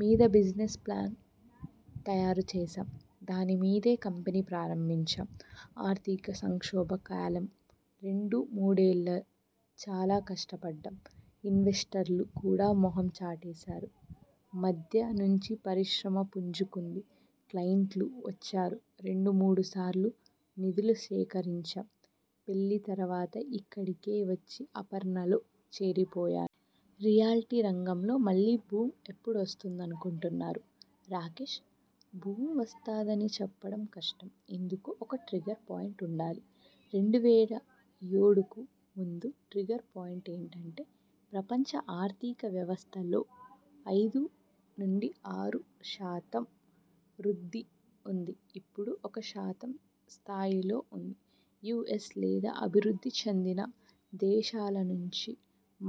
మీద business plan తయారు చేశాం. దానిమీదే కంపెనీ ప్రారంభించాం. ఆర్థిక సంక్షోభ కాలంరెండుమూడేళ్లు చాలా కష్టపడ్డాం. ఇన్వెస్టర్లు కూడా మొహం చాటేశారు. మధ్య నుంచి పరిశ్రమ పుంజుకుంది. క్లయింట్లు వచ్చారు. రెండు మూడుసార్లు నిధులు సేకరించాం. పెళ్లి తర్వాత ఇక్కడికి వచ్చి అపర్ణలో చేరిపోయాను. రియల్టీ రంగంలో మళ్లీ బూమ్ ఎప్పుడు వస్తుందనుకుంటున్నారు? రాకేష్: బూమ్వస్తదని చెప్పడం కష్టం. ఇందుకు ఒక ట్రిగ్గర్ పాయింట్ ఉండాలి. రెండువేలఏడుకు కు ముందు ట్రిగ్గర్ పాయింట్ ఏంటంటే.. ప్రపంచ ఆర్థిక వ్యవస్థలో ఐదు నుండి ఆరు శాతం వృద్ధి ఉంది. ఇప్పుడు ఒక శాతం స్థాయిలో ఉంది. యుఎస్ లేదా అభివృద్ధి చెందిన దేశాల నుంచి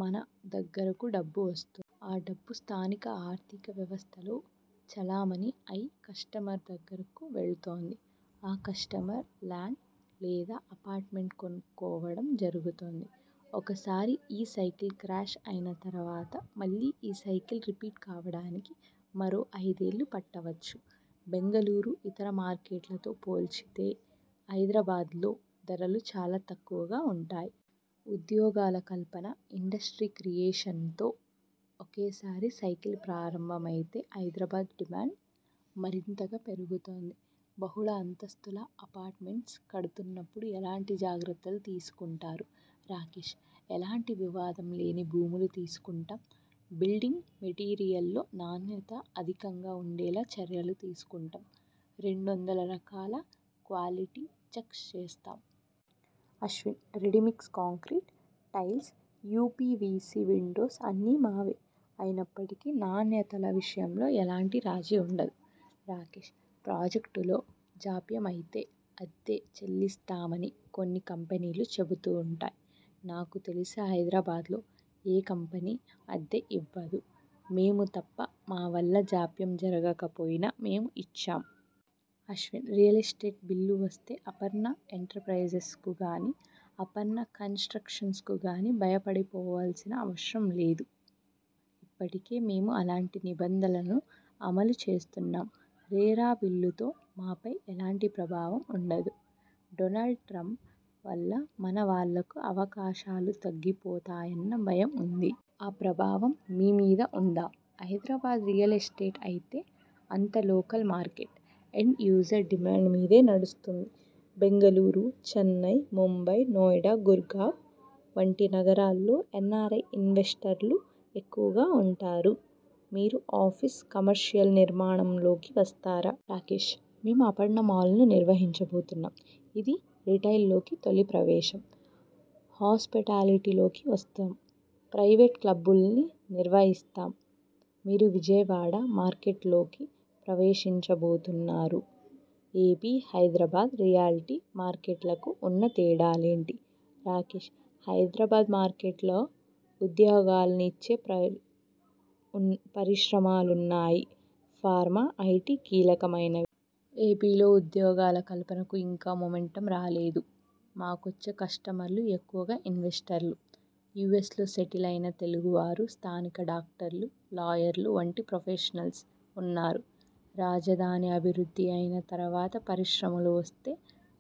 మన దగ్గరకు డబ్బు వస్తుంది. ఆ డబ్బు స్థానిక ఆర్థిక వ్యవస్థలో చలామణి అయి కస్టమర్ దగ్గరకు వెళుతుంది. ఆ కస్టమర్ లాండ్ లేదా అపార్ట్మెంట్ కొనుక్కోవడం జరుగుతుంది. ఒకసారి ఈ సైకిల్ క్రాష్ అయిన తర్వాత మళ్లీ ఈ సైకిల్ రిపీట్ కావడానికి మరో ఐదేళ్లు పట్టవచ్చు. బెంగళూరు ఇతర మార్కెట్లతో పోల్చితే హైదరాబాద్లో ధరలు చాలా తక్కువగా ఉంటాయి. ఉద్యోగాల కల్పన, ఇండస్ర్టీ క్రియేషన్తో ఒకెసారి సైకిల్ ప్రారంభమైతే హైదరాబాద్ డిమాండ్ మరింతగా పెరుగుతుంది. బహుళ అంతస్తుల అపార్ట్మెంట్స్ కడుతున్నప్పుడు ఎలాంటి జాగ్రత్తలు తీసుకుంటారు? రాకేష్: ఎలాంటి వివాదంలేని భూములు తీసుకుంటాం, బిల్డింగ్ మెటీరియల్లో నాణ్యత అధికంగా ఉండేలా చర్యలు తీసుకుంటాం. రెండు వందల రకాల క్వాలిటీ చెక్స్ చేస్తాం. Ashwin: ready mix concrete, tiles, UPVC windows అన్నీ మావే. అయినప్పటికీ నాణ్యతల విషయంలో ఎలాంటి రాజీ ఉండదు. రాకేష్: ప్రాజెక్టులో జాప్యం అయితే అద్దె చెల్లిస్తామని కొన్ని కంపెనీలు చెబుతుంటాయి. నాకు తెలిసి హైదరాబాద్లో ఏ కంపెనీ అద్దె ఇవ్వదు. మేము తప్ప. మా వల్ల జాప్యం జరగకపోయినా మేము ఇచ్చాం. అశ్విన్: రియల్ ఎస్టేట్ బిల్లు వస్తే అపర్ణ ఎంటర్ప్రైజె్సకు గానీ, అపర్ణ కన్స్ట్రక్షన్స్ గానీ భయపడిపోవాల్సిన అవసరం లేదు. ఇప్పటికే మేము అలాంటి నిబంధనలను అమలు చేస్తున్నాం. రేరా బిల్లుతో మాపై ఎలాంటి ప్రభావం ఉండదు. డొనాల్డ్ ట్రంప్ వల్ల మన వాళ్లకు అవకాశాలు తగ్గిపోతాయన్న భయం ఉంది. ఆ ప్రభావం మీ మీద ఉందా? హైదరాబాద్ రియల్ ఎస్టేట్ అయితే అంతా local market. End user demand మీదే నడుస్తోంది. బెంగళూరు, చెన్నై, ముంబై, నోయిడా, గుర్గావ్ వంటి నగరాల్లో ఎన్ఆర్ఐ ఇన్వెస్టర్లు ఎక్కువగా ఉంటారు. మీరు ఆఫీస్, కమర్షియల్ నిర్మాణంలోకి వస్తారా? రాకేష్: మేము అపర్ణ మాల్ను నిర్వసించబోతున్నాము. ఇది రిటైల్లోకి తొలి ప్రవేశం. హాస్పిటాలిటీలోకి వస్తాం. ప్రైవేట్ క్లబ్ను నిర్మిస్తున్నాం. మీరు విజయవాడ మార్కెట్లోకి ప్రవేశించబోతున్నారు. ఎపి, హైదరాబాద్ రియల్టీ మార్కెట్లకు ఉన్న తేడాలేంటి? రాకేష్: హైదరాబాద్ మార్కెట్లో ఉద్యోగాలను ఇచ్చే పరి పరిశ్రమలున్నాయి. Pharma, IT కీలకమైనవి. ఎపిలో ఉద్యోగాల కల్పనకు ఇంకా మూమెంటమ్ రాలేదు. మాకొచ్చే కస్టమర్లు ఎక్కువగా ఇన్వెస్టర్లు. యుఎ్సలో సెటిల్ అయిన తెలుగు వారు, స్థానిక డాక్టర్లు, లాయర్లు వంటి ప్రొఫెషనల్స్ ఉన్నారు. రాజఽధాని అభివృద్ధి అయిన తర్వాత పరిశ్రమలు వస్తే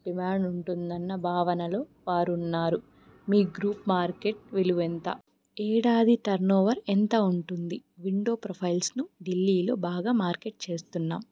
డిమాండ్ ఉంటుందన్న భావనలో వారు ఉన్నారు. మీ గ్రూప్ మార్కెట్ విలువ ఎంత? ఏడాది టర్నోవర్ ఎంత ఉంటుంది? విండో ప్రొఫైల్స్ను ఢిల్లీలో బాగా మార్కెట్ చేస్తున్నాం.